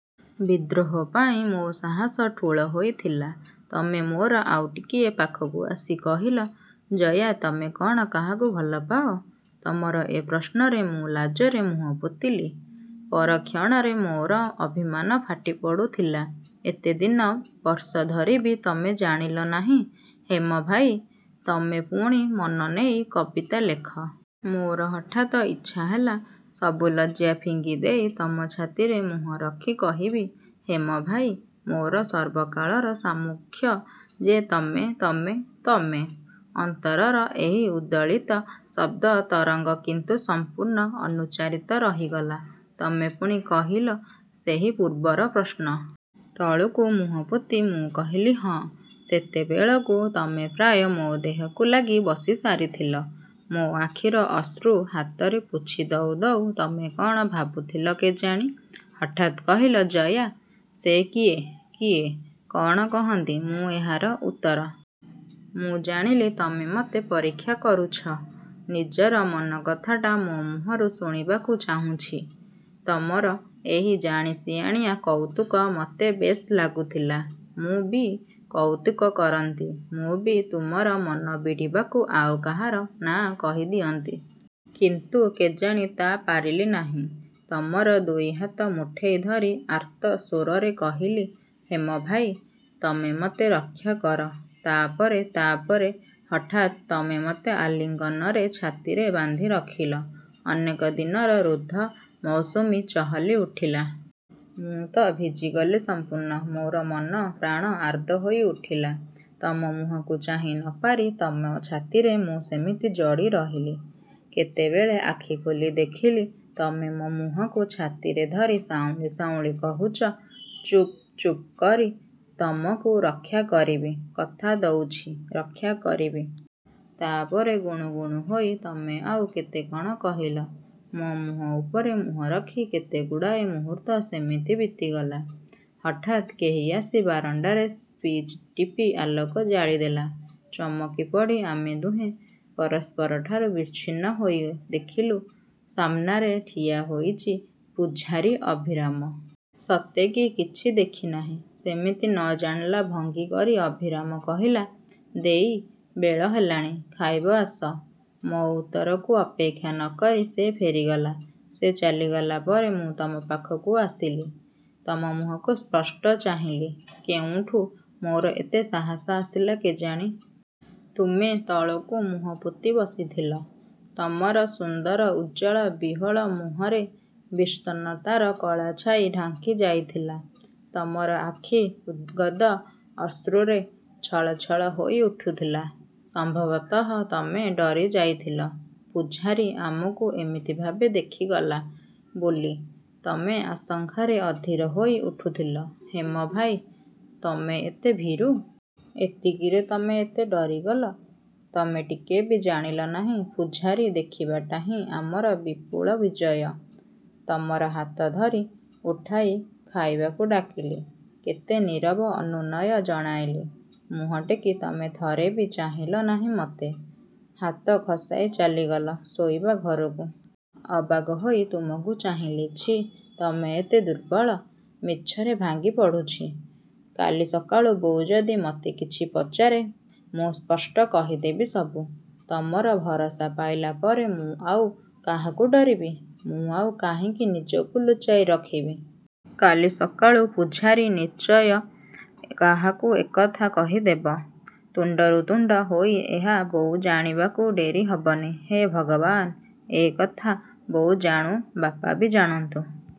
ବିଦ୍ରୋହ ପାଇଁ ମୋ ସାହସ ଠୁଳ ହୋଇଥିଲା? ତମେ ମୋର ଆଉ ଟିକିଏ ପାଖକୁ ଆସି କହିଲ, ଜୟା ତମେ କ'ଣ କାହାକୁ ଭଲ ପାଅ-? ତମର ଏ ପ୍ରଶ୍ନରେ ମୁଁ ଲାଜରେ ମୁହଁ ପୋତିଲି। ପର କ୍ଷଣରେ ମୋର ଅଭିମାନ ଫାଟି ପଡ଼ୁଥିଲା। ଏତେ ଦିନ, ବର୍ଷ ଧରି ବି ତମେ ଜାଣିଲ ନାହିଁ ହେମ ଭାଇ, ତମେ ପୁଣି ମନ ନେଇ କବିତା ଲେଖ। ମୋର ହଠାତ୍ ଇଚ୍ଛା ହେଲା, ସବୁ ଲଜ୍ଜା ଫିଙ୍ଗି ଦେଇ ତମ ଛାତିରେ ମୁହ ରଖି କହିବି, ହେମଭାଇ, ମୋର ସର୍ବକାଳର ସାମ୍ମୁଖ୍ୟ ଯେ ତମେ, ତମେ, ତମେ? ଅନ୍ତରର ଏହି ଉଦ୍ବେଳିତ ଶବ୍ଦ ତରଙ୍ଗ କିନ୍ତୁ ସଂପୂର୍ଣ୍ଣ ଅନୁଚ୍ଚାରିତ ରହିଗଲା। ତମେ ପୁଣି କହିଲ, ସେହି ପୂର୍ବର ପ୍ରଶ୍ନ। ତଳକୁ ମୁହଁ ପୋତି ମୁଁ କହିଲି ହଁ। ସେତେବେଳକୁ ତମେ ପ୍ରାୟ ମୋ ଦେହକୁ ଲାଗି ବସି ସାରିଥିଲ। ମୋ ଆଖିର ଅଶ୍ରୁ ହାତରେ ପୋଛି ଦଉ ଦଉ ତମେ କ'ଣ ଭାବୁଥିଲ କେଜାଣି। ହଠାତ୍ କହିଲ। ଜୟା, ସେ କିଏ? କିଏ? କ'ଣ କହନ୍ତି ମୁଁ ଏହାର ଉତ୍ତର? ମୁଁ ଜାଣିଲି, ତମେ ମତେ ପରୀକ୍ଷା କରୁଛ। ନିଜର ମନ କଥାଟା ମୋ ମୁହଁରୁ ଶୁଣିବାକୁ ଚାହୁଁଛି। ତମର ଏହି ଜାଣିସିଆଣିଆ କୌତୁକ ମତେ ବେଶ୍ ଲାଗୁଥିଲା। ମୁଁ ବି କୌତୁକ କରନ୍ତି; ମୁଁ ବି ତୁମର ମନ ବିଡ଼ିବାକୁ ଆଉ କାହାର ନାଁ କହି ଦିଅନ୍ତି। କିନ୍ତୁ କେଜାଣି ତା' ପାରିଲି ନାହିଁ। ତମର ଦୁଇ ହାତ ମୁଠେଇ ଧରି ଆର୍ତ୍ତ ସ୍ଵରରେ କହିଲି, ହେମ ଭାଇ, ତମେ ମତେ ରକ୍ଷା କର। ତା' ପରେ ତା' ପରେ ହଠାତ୍ ତମେ ମତେ ଆଲିଙ୍ଗନରେ ଛାତିରେ ବାନ୍ଧି ରଖିଲ। ଅନେକ ଦିନର ରୁଦ୍ଧ ମୌସୁମୀ ଚହଲି ଉଠିଲା। ମୁଁ ତ ଭିଜିଗଲି ସଂପୂର୍ଣ୍ଣ। ମୋର ମନ ପ୍ରାଣ ଆର୍ଦ୍ର ହୋଇ ଉଠିଲା। ତମ ମୁହଁକୁ ଚାହିଁ ନ ପାରି ତମ ଛାତିରେ ମୁଁ ସେମିତି ଜଡ଼ି ରହିଲି। କେତେବେଳେ ଆଖି ଖୋଲି ଦେଖିଲି, ତମେ ମୋ ମୁହଁକୁ ଛାତିରେ ଧରି ସାଉଁଳି ସାଉଁଳି କହୁଚ, ଚୁପ୍ ଚୁପ୍ କରି, ତମକୁ ରକ୍ଷା କରିବି, କଥା ଦଉଚି, ରକ୍ଷା କରିବି। ତା' ପରେ ଗୁଣୁଗୁଣୁ ହୋଇ ତମେ ଆଉ କେତେ କ'ଣ କହିଲ। ମୋ ମୁହଁ ଉପରେ ମୁହଁ ରଖି କେତେଗୁଡ଼ାଏ ମୁହୂର୍ତ୍ତ ସେମିତି ବିତିଗଲା। ହଠାତ୍ କେହି ଆସି ବାରଣ୍ଡାରେ ସ୍ପିଚ୍ ଟିପି ଆଲୋକ ଜାଳିଦେଲା। ଚମକି। ପଡ଼ି ଆମେ ଦୁହେଁ ପରସ୍ପରଠାରୁ ବିଚ୍ଛିନ୍ନ ହୋଇ ଦେଖିଲୁ, ସାମ୍ନାରେ ଠିଆ ହୋଇଚି ପୁଝାରୀ ଅଭିରାମ। ସତେ କି କିଛି ଦେଖିନାହିଁ। ସେମିତି ନ ଜାଣିଲା ଭଙ୍ଗୀ କରି ଅଭିରାମ କହିଲା-ଦେଈ, ବେଳ ହେଲାଣି ଖାଇବ ଆସ। ମୋ ଉତ୍ତରକୁ ଅପେକ୍ଷା ନ କରି ସେ ଫେରିଗଲା। ସେ ଚାଲିଗଲା ପରେ ମୁଁ ତମ ପାଖକୁ ଆସିଲି। ତମ ମୁହଁକୁ ସ୍ପଷ୍ଟ ଚାହିଁଲି, କେଉଁଠୁ ମୋର ଏତେ ସାହାସ ଆସିଲା କେଜାଣି! ତୁମେ ତଳକୁ ମୁହ ପୋତି ବସିଥିଲ। ତମର ସୁନ୍ଦର ଉଜ୍ଜ୍ୱଳ ବିହ୍ୱଳ ମୁହଁରେ ବିଷର୍ଣ୍ଣତାର କଳାଛାଇ ଢାଙ୍କି ଯାଇଥିଲା। ତମର ଆଖି ଉଦ୍ଗତ ଅଶ୍ରୁରେ ଛଳ ଛଳ ହୋଇ ଉଠୁଥିଲା। ସମ୍ଭବତଃ ତମେ ଡରି ଯାଇଥିଲ। ପୁଝାରୀ ଆମକୁ ଏମିତିଭାବେ ଦେଖିଗଲା ବୋଲି ତମେ ଆଶଙ୍କାରେ ଅଧୀର ହୋଇ ଉଠୁଥିଲ ହେମ ଭାଇ, ତମେ ଏତେ ଭୀରୁ। ଏତିକିରେ ତମେ ଏତେ ଡରିଗଲ? ତମେ ଟିକେ ବି ଜାଣିଲ ନାହିଁ, ପୁଝାରୀ ଦେଖିବାଟା ହିଁ ଆମର ବିପୁଳ ବିଜୟ। ତମର ହାତଧରି ଉଠାଇ, ଖାଇବାକୁ ଡାକିଲି। କେତେ ନୀରବ ଅନୁନୟ ଜଣାଇଲି। ମୁହଁ ଟେକି ତମେ ଥରେ ବି ଚାହିଁଲ ନାହିଁ ମତେ। ହାତ ଖସାଇ ଚାଲିଗଲ ଶୋଇବା ଘରକୁ। ଅବାକ୍ ହୋଇ ତମକୁ ଚାହିଁଲି। ଛିଃ, ତମେ ଏତେ ଦୁର୍ବଳ। ମିଛରେ ଭାଙ୍ଗି ପଡ଼ୁଛି। କାଲି ସକାଳୁ ବୋଉ ଯଦି ମତେ କିଛି ପଚାରେ, ମୁଁ ସ୍ପଷ୍ଟ କହିଦେବି ସବୁ। ତମର ଭରସା ପାଇଲା ପରେ ମୁଁ ଆଉ କାହାକୁ ଡରିବି? ମୁଁ ଆଉ କାହିଁକି ନିଜକୁ ଲୁଚାଇ ରଖିବି? କାଲି ସକାଳୁ ପୁଝାରୀ ନିଶ୍ଚୟ କାହାକୁ ଏ କଥା କହିଦବ। ତୁଣ୍ଡରୁ ତୁଣ୍ଡ ହୋଇ ଏହା ବୋଉ ଜାଣିବାକୁ ଡେରି ହବନି। ହେ ଭଗବାନ୍! ଏ କଥା ବୋଉ ଜାଣୁ, ବାପା ବି ଜାଣନ୍ତୁ।